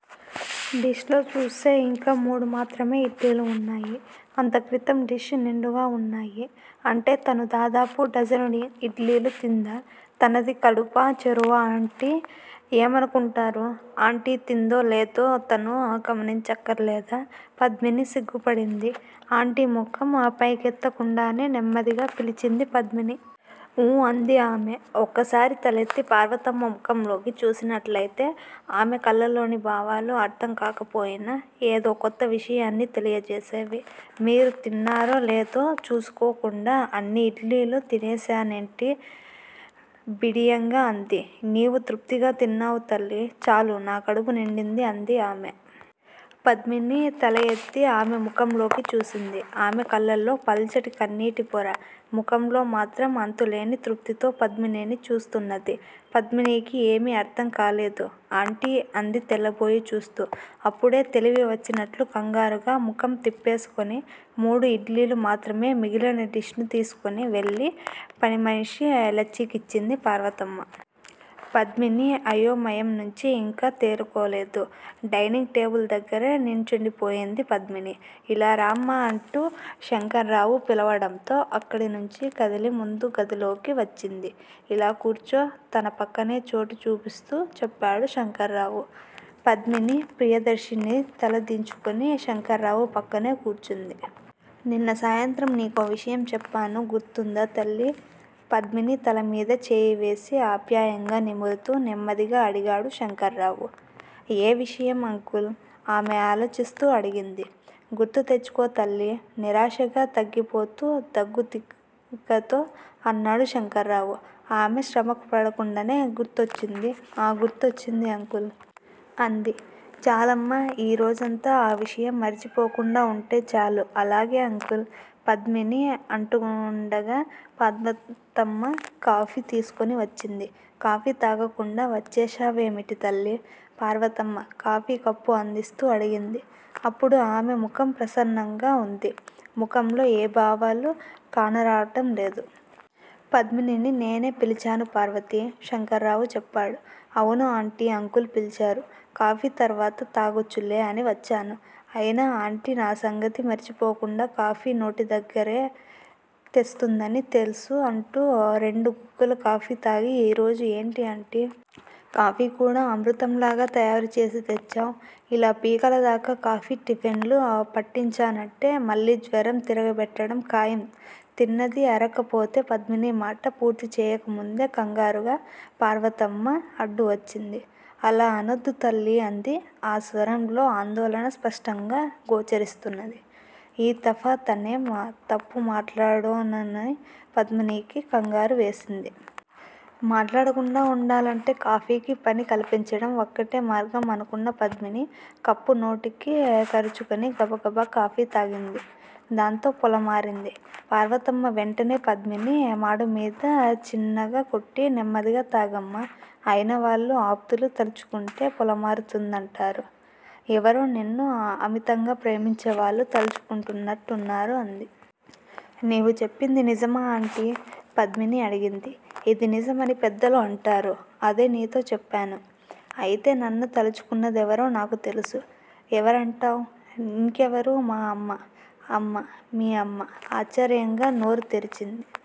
Dish లో చూస్తే యింక మూడు మాత్రమే ఇడ్లీలు వున్నాయి. అంతక్రితం డిష్ నిండుగా ఉన్నాయి. అంటే తను దాదాపు డజను ఇడ్లీలు తిందా! తనది కడుపా చెరువా ఆంటీ ఏమనుకుంటారు! ఆంటీ తిందో లేదో తను గమనించక్కరలేదా? పద్మిని సిగ్గుపడింది. ఆంటీ! ముఖం పైకెత్తకుండానే నెమ్మదిగా పిలిచింది పద్మిని. ఊ అంది ఆమె. ఒక్కసారి తలెత్తి పార్వతమ్మ ముఖంలోకి చూసినట్లయితే ఆమె కళ్ళల్లోని భావాలు అర్ధంకాకపోయినా ఏదో కొత్త విషయాన్ని తెలియజేసేవి. మీరు తిన్నారో లేదో చూసుకోకుండా అన్ని ఇడ్లీలు తినేశానాంటీ! బిడియంగా అంది. నీవు తృప్తిగా తిన్నావు తల్లీ! చాలు నా కడుపు నిండింది అంది ఆమె. పద్మిని తలయెత్తి ఆమె ముఖంలోకి చూసింది. ఆమె కళ్ళల్లో పల్చటి కన్నీటి పొర. ముఖంలో మాత్రం అంతులేని తృప్తితో పద్మినిని చూస్తున్నది. పద్మినికి ఏమీ అర్ధంకాలేదు ఆంటీ! అంది తెల్లబోయి చూస్తూ. అప్పుడే తెలివి వచ్చినట్లు కంగారుగా ముఖం తిప్పేసుకొని మూడు ఇడ్లీలు మాత్రమే మిగిలిన డిష్ ను తీసుకొని వెళ్ళి పనిమనిషి లచ్చికిచ్చింది పార్వతమ్మ. పద్మిని అయోమయంనుంచి ఇంకా తేరుకోలేదు. డైనింగ్ టేబుల్ దగ్గర నుంచుండిపోయింది పద్మినీ! ఇలా రామ్మా అంటూ శంకర్రావు పిలవటంతో అక్కడనుంచి కదిలి ముందు గదిలోకి వచ్చింది. ఇలా కూర్చో! తన పక్కనే చోటు చూపిస్తూ చెప్పాడు శంకర్రావు. పద్మిని ప్రియదర్శిని తల దించుకొని శంకర్రావు పక్కనే కూర్చుంది. నిన్న సాయంత్రం నీకో విషయం చెప్పాను గుర్తువుందా తల్లీ! పద్మిని తలమీద చేయివేసి ఆప్యాయంగా నిమురుతూ నెమ్మదిగా అడిగాడు శంకర్రావు. ఏ విషయం అంకుల్! ఆమె ఆలోచిస్తూ అడిగింది. గుర్తు తెచ్చుకో తల్లీ! నిరాశగా తగ్గిపోతూ దగ్గుత్తికతో అన్నాడు శంకర్రావు. ఆమె శ్రమపడకుండానే గుర్తొచ్చింది. ఆ గుర్తొచ్చింది అంకుల్! అంది. చాలమ్మా ఈ రోజంతా ఆ విషయం మరచిపోకుండా వుంటే చాలు అలాగే అంకుల్! పద్మిని అంటుండగా పార్వతమ్మ కాఫీ తీసుకొని వచ్చింది. కాఫీ తాగకుండా వచ్చేశావేమిటి తల్లీ! పార్వతమ్మ కాఫీ కప్పు అందిస్తూ అడిగింది. అప్పుడు ఆమె ముఖం ప్రసన్నంగా వుంది. ముఖంలో ఏ భావాలూ కానరావటం లేదు. పద్మినిని నేనే పిలిచాను పార్వతీ! శంకర్రావు చెప్పాడు. అవును ఆంటీ! అంకుల్ పిలిచారు. కాఫీ తర్వాత తాగొచ్చులే అని వచ్చాను. అయినా ఆంటీ నా సంగతి మరచిపోకుండా కాఫీ నోటిదగ్గరకే తెస్తుందని తెలుసు అంటూ రెండు గుక్కలు కాఫీ తాగి ఈ రోజు ఏంటి ఆంటీ! కాఫీ కూడా అమృతంలాగా తయారుచేసి తెచ్చావ్! ఇలా పీకలదాకా కాఫీ టిఫెన్ లు పట్టించానంటే మళ్ళీ జ్వరం తిరగబెట్టడం ఖాయం తిన్నది అరక్కపోతే పద్మిని మాట పూర్తిచేయకముందే కంగారుగా పార్వతమ్మ అడ్డువచ్చింది. అలా అనొద్దు తల్లీ అంది ఆ స్వరంలో ఆందోళన స్పష్టంగా గోచరిస్తున్నది. ఈ తఫా తనేం తప్పుమాట్లాడోనని పద్మినికి కంగారు వేసింది. మాట్లాడకుండా వుండాలంటే కాఫీకి పని కల్పించటం వక్కటే మార్గం అనుకున్న పద్మిని కప్పు నోటికి కరచుకుని గబగబా కాఫీ తాగింది. దాంతో పొలమారింది. పార్వతమ్మ వెంటనే పద్మిని మాడుమీద చిన్నగకొట్టి నెమ్మదిగా తాగమ్మా! అయినవాళ్ళు ఆప్తులు తలుచుకుంటే పొలమారుతుందంటారు. ఎవరో నిన్ను అమితంగా ప్రేమించేవాళ్లే తలుచుకుంటున్నారు అంది. నీవు చెప్పింది నిజమా ఆంటీ? పద్మిని అడిగింది. ఇది నిజమని పెద్దలు అంటారు. అదే నీతో చెప్పాను అయితే నన్ను తలుచుకున్నదెవరో నాకు తెలుసు? ఎవరంటావ్? ఇంకెవరు మా అమ్మ! అమ్మ, మీ అమ్మ? ఆశ్చర్యంగా నోరు తెరిచింది